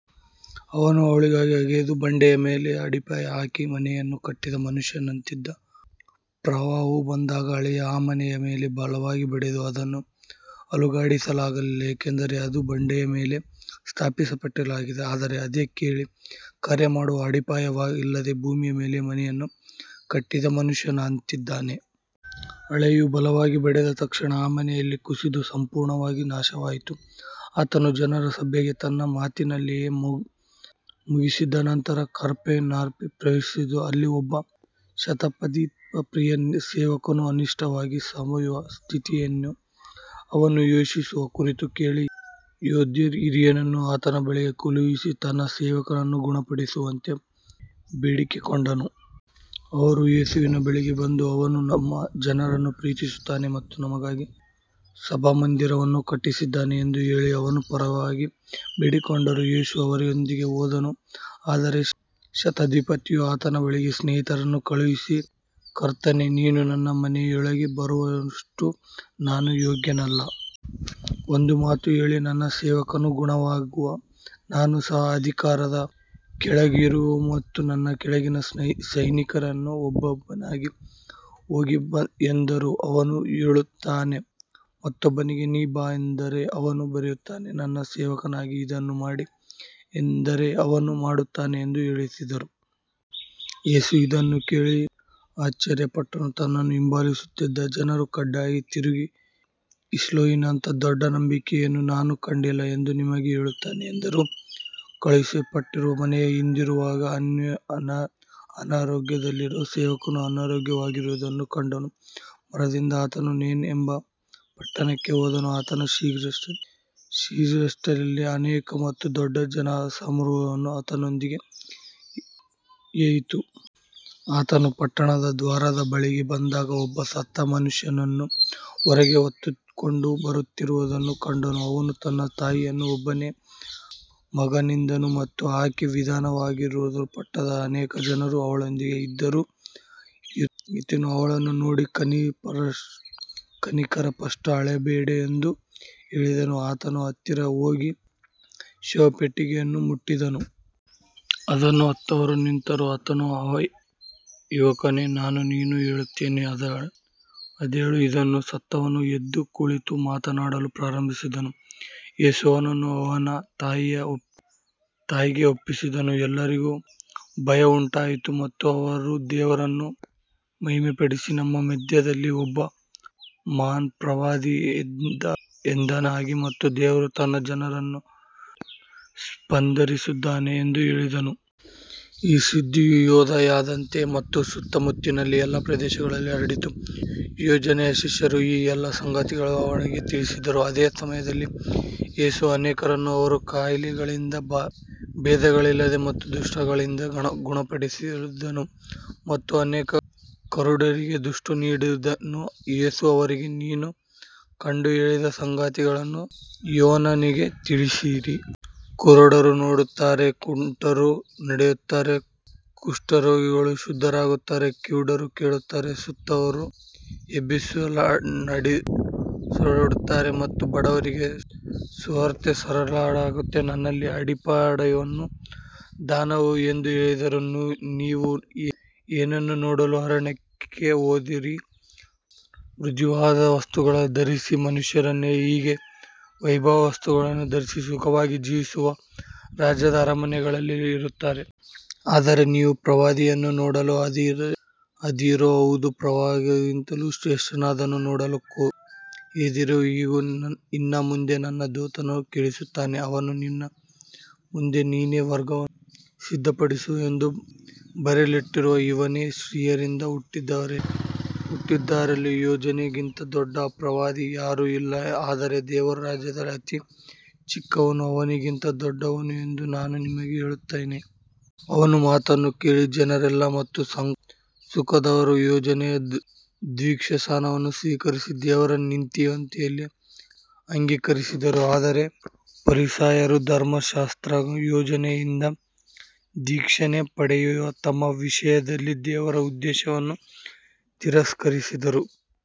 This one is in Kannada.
ಅವನು ಆಳವಾಗಿ ಅಗೆದು ಬಂಡೆಯ ಮೇಲೆ ಅಡಿಪಾಯ ಹಾಕಿ ಮನೆಯನ್ನು ಕಟ್ಟಿದ ಮನುಷ್ಯನಂತಿದ್ದಾನೆ. ಪ್ರವಾಹವು ಬಂದಾಗ ಹೊಳೆಯು ಆ ಮನೆಯ ಮೇಲೆ ಬಲವಾಗಿ ಬಡಿದರೂ ಅದನ್ನು ಅಲುಗಾಡಿಸಲಾಗಲಿಲ್ಲ, ಏಕೆಂದರೆ ಅದು ಬಂಡೆಯ ಮೇಲೆ ಸ್ಥಾಪಿಸಲ್ಪಟ್ಟಿತ್ತು. ಆದರೆ ಕೇಳಿ ಕಾರ್ಯಮಾಡದವನು ಅಡಿಪಾಯವಿಲ್ಲದೆ ಭೂಮಿಯ ಮೇಲೆ ಮನೆಯನ್ನು ಕಟ್ಟಿದ ಮನುಷ್ಯನಂತಿದ್ದಾನೆ. ಹೊಳೆಯು ಬಲವಾಗಿ ಬಡಿದ ತಕ್ಷಣ ಆ ಮನೆ ಕುಸಿದು ಸಂಪೂರ್ಣವಾಗಿ ನಾಶವಾಯಿತು. ಆತನು ಜನರ ಸಭೆಗೆ ತನ್ನ ಮಾತುಗಳನ್ನೆಲ್ಲ ಮುಗಿಸಿದ ನಂತರ ಕಪೆರ್ನೌಮಿಗೆ ಪ್ರವೇಶಿಸಿದನು. ಅಲ್ಲಿ ಒಬ್ಬ ಶತಾಧಿಪತಿಯ ಪ್ರಿಯ ಸೇವಕನು ಅಸ್ವಸ್ಥನಾಗಿ ಸಾಯುವ ಸ್ಥಿತಿಯಲ್ಲಿದ್ದನು. ಅವನು ಯೇಸುವಿನ ಕುರಿತು ಕೇಳಿ, ಯೆಹೂದ್ಯರ ಹಿರಿಯರನ್ನು ಆತನ ಬಳಿಗೆ ಕಳುಹಿಸಿ ತನ್ನ ಸೇವಕನನ್ನು ಗುಣಪಡಿಸುವಂತೆ ಬೇಡಿಕೊಂಡನು. ಅವರು ಯೇಸುವಿನ ಬಳಿಗೆ ಬಂದು, ಅವನು ನಮ್ಮ ಜನರನ್ನು ಪ್ರೀತಿಸುತ್ತಾನೆ ಮತ್ತು ನಮಗಾಗಿ ಸಭಾಮಂದಿರವನ್ನು ಕಟ್ಟಿಸಿದ್ದಾನೆ ಎಂದು ಹೇಳಿ ಅವನ ಪರವಾಗಿ ಬೇಡಿಕೊಂಡರು. ಯೇಸು ಅವರೊಂದಿಗೆ ಹೋದನು. ಆದರೆ ಶತಾಧಿಪತಿಯು ಆತನ ಬಳಿಗೆ ಸ್ನೇಹಿತರನ್ನು ಕಳುಹಿಸಿ, ಕರ್ತನೇ, ನೀನು ನನ್ನ ಮನೆಯೊಳಗೆ ಬರುವಷ್ಟು ನಾನು ಯೋಗ್ಯನಲ್ಲ. ಒಂದು ಮಾತು ಹೇಳು, ನನ್ನ ಸೇವಕನು ಗುಣವಾಗುವನು. ನಾನು ಸಹ ಅಧಿಕಾರದ ಕೆಳಗಿರುವವನು ಮತ್ತು ನನ್ನ ಕೆಳಗೆ ಸೈನಿಕರಿದ್ದಾರೆ. ಒಬ್ಬನಿಗೆ ಹೋಗು ಎಂದರೆ ಅವನು ಹೋಗುತ್ತಾನೆ, ಮತ್ತೊಬ್ಬನಿಗೆ ಬಾ ಎಂದರೆ ಅವನು ಬರುತ್ತಾನೆ, ನನ್ನ ಸೇವಕನಿಗೆ ಇದನ್ನು ಮಾಡು ಎಂದರೆ ಅವನು ಮಾಡುತ್ತಾನೆ ಎಂದು ಹೇಳಿಸಿದನು. ಯೇಸು ಇದನ್ನು ಕೇಳಿ ಆಶ್ಚರ್ಯಪಟ್ಟು ತನ್ನನ್ನು ಹಿಂಬಾಲಿಸುತ್ತಿದ್ದ ಜನರ ಕಡೆಗೆ ತಿರುಗಿ, ಇಸ್ರಾಯೇಲಿನಲ್ಲಿಯೂ ಇಂಥ ದೊಡ್ಡ ನಂಬಿಕೆಯನ್ನು ನಾನು ಕಂಡಿಲ್ಲ ಎಂದು ನಿಮಗೆ ಹೇಳುತ್ತೇನೆ ಎಂದನು. ಕಳುಹಿಸಲ್ಪಟ್ಟವರು ಮನೆಗೆ ಹಿಂದಿರುಗಿದಾಗ ಅನಾರೋಗ್ಯದಲ್ಲಿದ್ದ ಸೇವಕನು ಆರೋಗ್ಯವಾಗಿರುವುದನ್ನು ಕಂಡರು. ಮರುದಿನ ಆತನು ನೈನ್ ಎಂಬ ಪಟ್ಟಣಕ್ಕೆ ಹೋದನು. ಆತನ ಶಿಷ್ಯರಲ್ಲಿ ಅನೇಕರು ಮತ್ತು ದೊಡ್ಡ ಜನಸಮೂಹವು ಆತನೊಂದಿಗೆ ಹೋಯಿತು. ಆತನು ಪಟ್ಟಣದ ದ್ವಾರದ ಬಳಿಗೆ ಬಂದಾಗ, ಒಬ್ಬ ಸತ್ತ ಮನುಷ್ಯನನ್ನು ಹೊರಗೆ ಹೊತ್ತುಕೊಂಡು ಬರುತ್ತಿರುವುದನ್ನು ಕಂಡನು. ಅವನು ತನ್ನ ತಾಯಿಯ ಒಬ್ಬನೇ ಮಗನಾಗಿದ್ದನು ಮತ್ತು ಆಕೆ ವಿಧವೆಯಾಗಿದ್ದಳು. ಪಟ್ಟಣದ ಅನೇಕ ಜನರು ಅವಳೊಂದಿಗೆ ಇದ್ದರು. ಕರ್ತನು ಅವಳನ್ನು ನೋಡಿ ಕನಿಕರಪಟ್ಟು, ಅಳಬೇಡ ಎಂದು ಹೇಳಿದನು. ಆತನು ಹತ್ತಿರ ಹೋಗಿ ಶವಪೆಟ್ಟಿಗೆಯನ್ನು ಮುಟ್ಟಿದನು. ಅದನ್ನು ಹೊತ್ತವರು ನಿಂತರು. ಆತನು, ಯುವಕನೇ, ನಾನು ನಿನಗೆ ಹೇಳುತ್ತೇನೆ, ಎದ್ದೇಳು ಎಂದನು. ಸತ್ತವನು ಎದ್ದು ಕುಳಿತು ಮಾತನಾಡಲು ಪ್ರಾರಂಭಿಸಿದನು. ಯೇಸು ಅವನನ್ನು ಅವನ ತಾಯಿಗೆ ಒಪ್ಪಿಸಿದನು. ಎಲ್ಲರಿಗೂ ಭಯವುಂಟಾಯಿತು ಮತ್ತು ಅವರು ದೇವರನ್ನು ಮಹಿಮೆಪಡಿಸಿ, ನಮ್ಮ ಮಧ್ಯದಲ್ಲಿ ಒಬ್ಬ ಮಹಾನ್ ಪ್ರವಾದಿ ಎದ್ದಿದ್ದಾನೆ ಮತ್ತು ದೇವರು ತನ್ನ ಜನರನ್ನು ಸಂದರ್ಶಿಸಿದ್ದಾನೆ ಎಂದು ಹೇಳಿದರು. ಈ ಸುದ್ದಿಯು ಯೂದಾಯದಾದ್ಯಂತ ಮತ್ತು ಸುತ್ತಮುತ್ತಲಿನ ಎಲ್ಲಾ ಪ್ರದೇಶಗಳಲ್ಲೂ ಹರಡಿತು. ಯೋಹಾನನ ಶಿಷ್ಯರು ಈ ಎಲ್ಲ ಸಂಗತಿಗಳನ್ನು ಅವನಿಗೆ ತಿಳಿಸಿದರು. ಅದೇ ಸಮಯದಲ್ಲಿ ಯೇಸು ಅನೇಕರನ್ನು ಅವರ ಕಾಯಿಲೆಗಳಿಂದ, ಬಾಧೆಗಳಿಂದ ಮತ್ತು ದುಷ್ಟಾತ್ಮಗಳಿಂದ ಗುಣಪಡಿಸಿದನು ಮತ್ತು ಅನೇಕ ಕುರುಡರಿಗೆ ದೃಷ್ಟಿ ನೀಡಿದನು. ಯೇಸು ಅವರಿಗೆ, ನೀವು ಕಂಡು ಕೇಳಿದ ಸಂಗತಿಗಳನ್ನು ಯೋಹಾನನಿಗೆ ತಿಳಿಸಿರಿ. ಕುರುಡರು ನೋಡುತ್ತಾರೆ, ಕುಂಟರು ನಡೆಯುತ್ತಾರೆ, ಕುಷ್ಠರೋಗಿಗಳು ಶುದ್ಧರಾಗುತ್ತಾರೆ, ಕಿವುಡರು ಕೇಳುತ್ತಾರೆ, ಸತ್ತವರು ಎಬ್ಬಿಸಲ್ಪಡುತ್ತಾರೆ ಮತ್ತು ಬಡವರಿಗೆ ಸುವಾರ್ತೆ ಸಾರಲ್ಪಡುತ್ತದೆ. ನನ್ನಲ್ಲಿ ಅಡ್ಡಿಪಡದವನು ಧನ್ಯನು ಎಂದು ಹೇಳಿದನು. ನೀವು ಏನನ್ನು ನೋಡಲು ಅರಣ್ಯಕ್ಕೆ ಹೋದಿರಿ. ಮೃದುವಾದ ವಸ್ತ್ರಗಳನ್ನು ಧರಿಸಿದ ಮನುಷ್ಯನನ್ನೋ. ಇಗೋ, ವೈಭವದ ವಸ್ತ್ರಗಳನ್ನು ಧರಿಸಿ ಸುಖವಾಗಿ ಜೀವಿಸುವವರು ರಾಜರ ಅರಮನೆಗಳಲ್ಲಿ ಇರುತ್ತಾರೆ. ಆದರೆ ನೀವು ಪ್ರವಾದಿಯನ್ನು ನೋಡಲು ಹೋದಿರೋ. ಹೌದು, ಪ್ರವಾದಿಗಿಂತಲೂ ಶ್ರೇಷ್ಠನಾದವನನ್ನು ನೋಡಲು ಹೋದಿರಿ. ಇಗೋ, ನಿನ್ನ ಮುಂದೆ ನನ್ನ ದೂತನನ್ನು ಕಳುಹಿಸುತ್ತೇನೆ, ಅವನು ನಿನ್ನ ಮುಂದೆಯೇ ನಿನ್ನ ಮಾರ್ಗವನ್ನು ಸಿದ್ಧಪಡಿಸುವನು ಎಂದು ಬರೆಯಲ್ಪಟ್ಟಿರುವವನು ಇವನೇ. ಸ್ತ್ರೀಯರಿಂದ ಹುಟ್ಟಿದವರಲ್ಲಿ ಯೋಹಾನನಿಗಿಂತ ದೊಡ್ಡ ಪ್ರವಾದಿ ಯಾರೂ ಇಲ್ಲ. ಆದರೆ ದೇವರ ರಾಜ್ಯದಲ್ಲಿ ಅತಿ ಚಿಕ್ಕವನೂ ಅವನಿಗಿಂತ ದೊಡ್ಡವನು ಎಂದು ನಾನು ನಿಮಗೆ ಹೇಳುತ್ತೇನೆ. ಅವನ ಮಾತನ್ನು ಕೇಳಿದ ಜನರೆಲ್ಲರೂ ಮತ್ತು ಸುಂಕದವರೂ ಯೋಹಾನನ ದೀಕ್ಷಾಸ್ನಾನವನ್ನು ಸ್ವೀಕರಿಸಿ ದೇವರು ನೀತಿವಂತನೆಂದು ಅಂಗೀಕರಿಸಿದರು. ಆದರೆ ಫರಿಸಾಯರೂ ಧರ್ಮಶಾಸ್ತ್ರಜ್ಞರೂ ಯೋಹಾನನಿಂದ ದೀಕ್ಷಾಸ್ನಾನ ಪಡೆಯದೆ ತಮ್ಮ ವಿಷಯದಲ್ಲಿ ದೇವರ ಉದ್ದೇಶವನ್ನು ತಿರಸ್ಕರಿಸಿದರು.